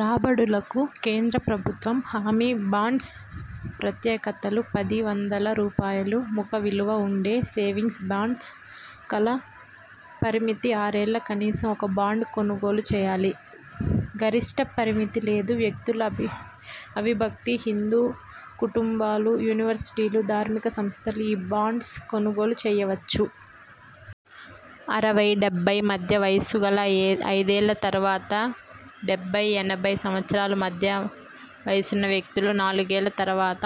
రాబడులకు కేంద్ర ప్రభుత్వ హామీ బాండ్స్ ప్రత్యేకతలు పది వందల రూపాయలు ముఖ విలువ ఉండే సేవింగ్స్ బాండ్స్ కాల పరిమితి ఆరేళ్లు. కనీసం ఒక బాండ్ కొనుగోలు చేయాలి. గరిష్ఠ పరిమితి లేదు. వ్యక్తులు, అవిభక్త హిందూ కుటుంబాలు, యూనివర్సిటీలు, ధార్మిక సంస్థలు ఈ బాండ్స్ కొనుగోలు చేయవచ్చు. అరవై, డెబ్బై మధ్య వయస్కులు ఐదేళ్ల తర్వాత, డెబ్బై-ఎనభై సంవత్సరాల మధ్య వయసున్న వ్యక్తులు నాలుగేళ్ల తర్వాత,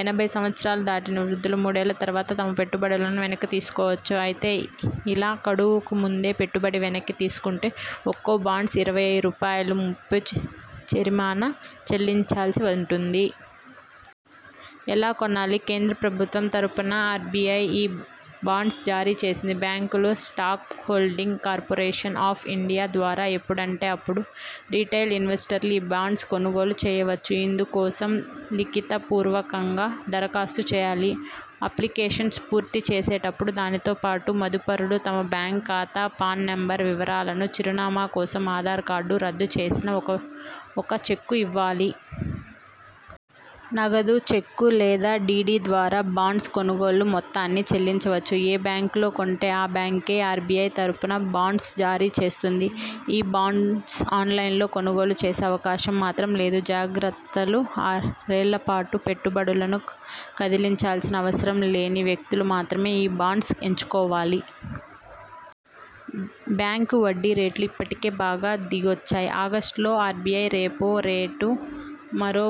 ఎనభై సంవత్సరాలు దాటిన వృద్ధులు మూడేళ్ల తర్వాత తమ పెట్టుబడులను వెనక్కి తీసుకోవచ్చు. అయితే ఇలా గడువుకు ముందే పెట్టుబడి వెనక్కి తీసుకుంటే ఒక్కో బాండ్పై ఇరవై రూపాయలు, ముప్పై జరిమానా చెల్లించాల్సి ఉంటుంది. ఎలా కొనాలి? కేంద్ర ప్రభుత్వం తరఫున ఆర్బిఐ ఈ బాండ్స్ జారీ చేసింది. బ్యాంకులు, Stock Holding Corporation of India ద్వారా ఎప్పుడంటే అప్పుడు రిటైల్ ఇన్వెస్టర్లు ఈ బాండ్స్ కొనుగోలు చేయవచ్చు. ఇందు కోసం లిఖిత పూర్వకంగా దరఖాస్తు చేయాలి. అప్లికేషన్ పూర్తి చేసేటప్పుడు దానితో పాటు మదుపరులు తమ బ్యాంక్ ఖాతా, పాన్ నెంబర్ వివరాలు, చిరునామా కోసం ఆధార్ కార్డు, రద్దు చేసిన ఒక్కఒక చెక్కు ఇవ్వాలి. నగదు, చెక్కు లేదా డిడి ద్వారా బాండ్స్ కొనుగోళ్ల మొత్తాన్ని చెల్లించవచ్చు. ఏ బ్యాంకులో కొంటే ఆ బ్యాంకే ఆర్బిఐ తరఫున బాండ్ జారీ చేస్తుంది. ఈ బాండ్స్ను ఆన్లైన్లో కొనుగోలు చేసే అవకాశం మాత్రం లేదు. జాగ్రత్తలు ఆరేళ్ల పాటు పెట్టు బడులను కదిలించాల్సిన అవసరం లేని వ్యక్తులు మాత్రమే ఈ బాండ్స్ ఎంచుకోవాలి. బ్యాంకు వడ్డీ రేట్లు ఇప్పటికే బాగా దిగొచ్చాయి. ఆగస్టు లో ఆర్బిఐ రెపో రేటు మరో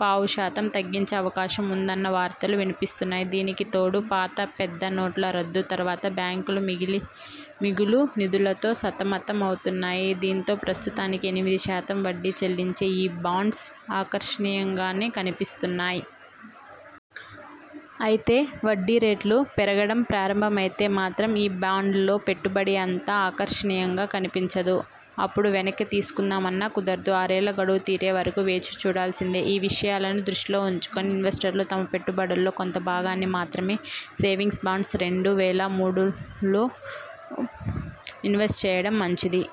పావు శాతం తగ్గించే అవకాశం ఉందన్న వార్తలు వినిపిస్తున్నాయి. దీనికి తోడు పాత పెద్ద నోట్ల రద్దు తర్వాత బ్యాంకులూ మిగులు నిధులతో సతమత మవుతున్నాయి. దీంతో ప్రస్తుతానికి ఎనిమిది శాతం వడ్డీ చెల్లించే ఈ బాండ్స్ ఆకర్షణీయంగానే కనిపిస్తున్నాయి. అయితే వడ్డీ రేట్లు పెరగడం ప్రారంభమైతే మాత్రం ఈ బాండ్స్లో పెట్టుబడి అంత ఆకర్షణీయంగా కనిపించదు. అప్పుడు వెనక్కి తీసుకుందామన్నా కుదరదు. ఆరేళ్ల గడువు తీరే వరకు వేచి చూడాల్సిందే. ఈ విషయాలను దృష్టిలో ఉంచుకుని ఇన్వెస్టర్లు తమ పెట్టుబడుల్లో కొంత భాగాన్ని మాత్రమే సేవింగ్స్ బాండ్స్, రెండు వేల మూడులో ఇన్వెస్ట్ చేయడం మంచిది.